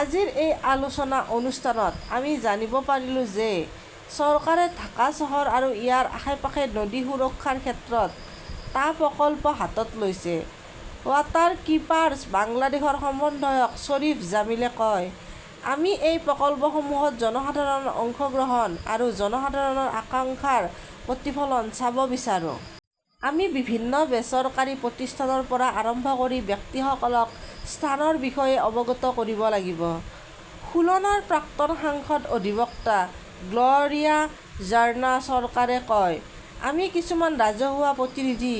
"আজিৰ এই আলোচনা অনুষ্ঠানত আমি জানিব পাৰিলো যে চৰকাৰে ঢাকা চহৰ আৰু ইয়াৰ আশে-পাশে নদী সুৰক্ষাৰ ক্ষেত্ৰত টা প্ৰকল্প হাতত লৈছে", ৱাটাৰকীপাৰ্ছ বাংলাদেশৰ সমন্বয়ক শ্বৰীফ জামিলে কয়। আমি এই প্ৰকল্পসমূহত জনসাধাৰণৰ অংশগ্ৰহণ আৰু জনসাধাৰণৰ আকাংক্ষাৰ প্ৰতিফলন চাব বিচাৰো। "আমি বিভিন্ন বেচৰকাৰী প্ৰতিষ্ঠানৰ পৰা আৰম্ভ কৰি ব্যক্তিসকলক স্থানৰ বিষয়ে অৱগত কৰিব লাগিব", খুলনাৰ প্ৰাক্তন সাংসদ অধিবক্তা গ্ল "ৰিয়া ঝৰ্ণা চৰকাৰে কয়। আমি কিছুমান ৰাজহুৱা প্ৰতিনিধি,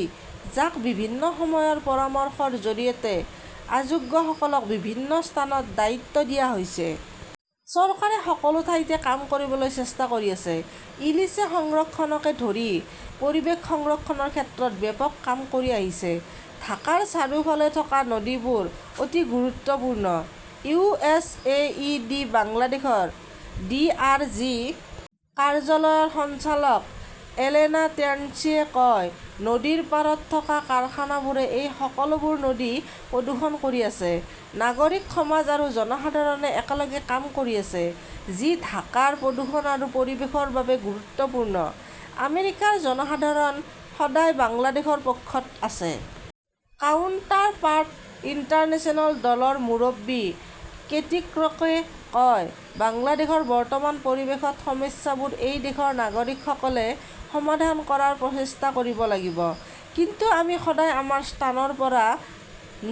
যাক বিভিন্ন সময়ৰ পৰামৰ্শৰ জৰিয়তে অযোগ্যসকলক বিভিন্ন স্থানত দায়িত্ব দিয়া হৈছে। চৰকাৰে সকলো ঠাইতে কাম কৰিবলৈ চেষ্টা কৰি আছে। ইলিছে সংৰক্ষণকে ধৰি পৰিৱেশ সংৰক্ষণৰ ক্ষেত্ৰত ব্যাপক কাম কৰি আহিছে। "ঢাকাৰ চাৰিওফালে থকা নদীবোৰ অতি গুৰুত্বপূৰ্ণ", U. S. A. I. D. বাংলাদেশৰ ডি. আৰ. জি. কাৰ্যালয়ৰ সঞ্চালক এলেনা টেন্সিয়ে কয়। নদীৰ পাৰত থকা কাৰখানাবোৰে এই সকলোবোৰ নদী প্ৰদূষণ কৰি আছে। নাগৰিক সমাজ আৰু জনসাধাৰণে একেলগে কাম কৰি আছে, যি ঢাকাৰ প্ৰদূষণ আৰু পৰিৱেশৰ বাবে গুৰুত্বপূৰ্ণ। আমেৰিকাৰ জনসাধাৰণ সদায় বাংলাদেশৰ পক্ষত আছে। কাউণ্টাৰপাৰ্ট ইণ্টাৰনেশ্যনেলৰ দলৰ মুৰব্বী কেটি ক্ৰকে কয়, "বাংলাদেশৰ বৰ্তমানৰ পৰিৱেশত সমস্যাবোৰ এই দেশৰ নাগৰিকসকলে সমাধান কৰাৰ প্ৰচেষ্টা কৰিব লাগিব। কিন্তু আমি সদায় আমাৰ স্থানৰ পৰা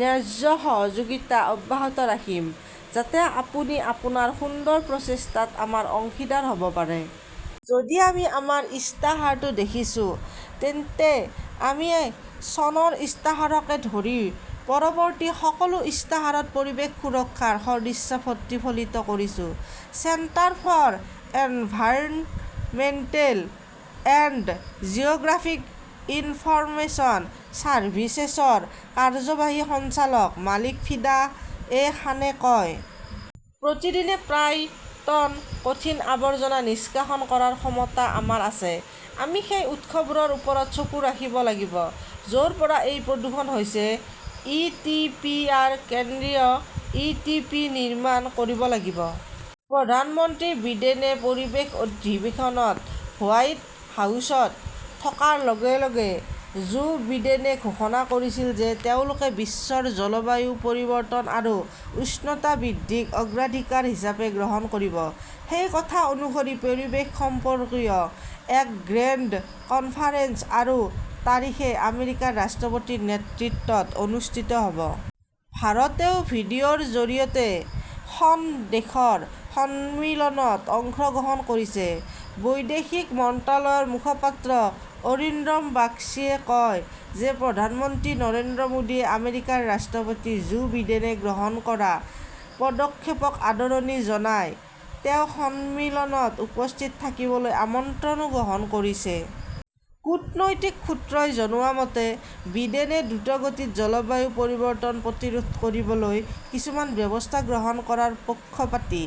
ন্যায্য সহযোগিতা অব্যাহত ৰাখিম, যাতে আপুনি আপোনাৰ সুন্দৰ প্ৰচেষ্টাত আমাৰ অংশীদাৰ হ 'ব পাৰে। "যদি আমি আমাৰ ইস্তাহাৰটো দেখিছোঁ, তেন্তে আমি চনৰ ইস্তাহাৰকে ধৰি পৰৱৰ্তী সকলো ইস্তাহাৰত পৰিৱেশ সুৰক্ষাৰ সদিচ্ছা প্ৰতিফলিত কৰিছো", centre for environmental and Jio "graphic information চাৰ্ভিচেছৰ কাৰ্যবাহী সঞ্চালক মালিক ফিদা এ খানে কয়। প্ৰতিদিনে প্ৰায় টন কঠিন আৱৰ্জনা নিষ্কাশন কৰাৰ ক্ষমতা আমাৰ আছে। আমি সেই উৎসবোৰৰ ওপৰত চকু ৰাখিব লাগিব য 'ৰ পৰা এই প্ৰদূষণ হৈছে। ই. টি. পি. আৰু কেন্দ্ৰীয় ই. টি. পি. নিৰ্মাণ কৰিব লাগিব। "। প্ৰধানমন্ত্ৰী বিডেনে পৰিৱেশ অধিৱেশনত হোৱাইট হাউচত থকাৰ লগে লগে জো বিডেনে ঘোষণা কৰিছিল যে তেওঁলোকে বিশ্বৰ জলবায়ু পৰিৱৰ্তন আৰু উষ্ণতা বৃদ্ধিক অগ্ৰাধিকাৰ হিচাপে গ্ৰহণ কৰিব। সেই কথা অনুসৰি, পৰিৱেশ সম্পৰ্কীয় এক গ্ৰেণ্ড কনফাৰেন্স আৰু তাৰিখে আমেৰিকাৰ ৰাষ্ট্ৰপতিৰ নেতৃত্বত অনুষ্ঠিত হ 'ব। ভাৰতেও ভিডিঅ "ৰ জৰিয়তে খন দেশৰ সন্মিলনত অংশগ্ৰহণ কৰিছে। বৈদেশিক মন্ত্ৰালয়ৰ মুখপাত্ৰ অৰিন্দম বাগচীয়ে কয় যে প্ৰধানমন্ত্ৰী নৰেন্দ্ৰ মোদীয়ে আমেৰিকাৰ ৰাষ্ট্ৰপতি জো বিডেনে গ্ৰহণ কৰা পদক্ষেপক আদৰণি জনায়। তেওঁ সন্মিলনত উপস্থিত থাকিবলৈ আমন্ত্ৰণো গ্ৰহণ কৰিছে। কূটনৈতিক সূত্ৰই জনোৱা মতে, বিডেনে দ্ৰুতগতিত জলবায়ু পৰিৱৰ্তন প্ৰতিৰোধ কৰিবলৈ কিছুমান ব্যৱস্থা গ্ৰহণ কৰাৰ পক্ষপাতী।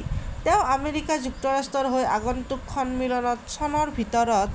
তেওঁ আমেৰিকা যুক্তৰাষ্ট্ৰৰ হৈ আগন্তুক সন্মিলনত চনৰ ভিতৰত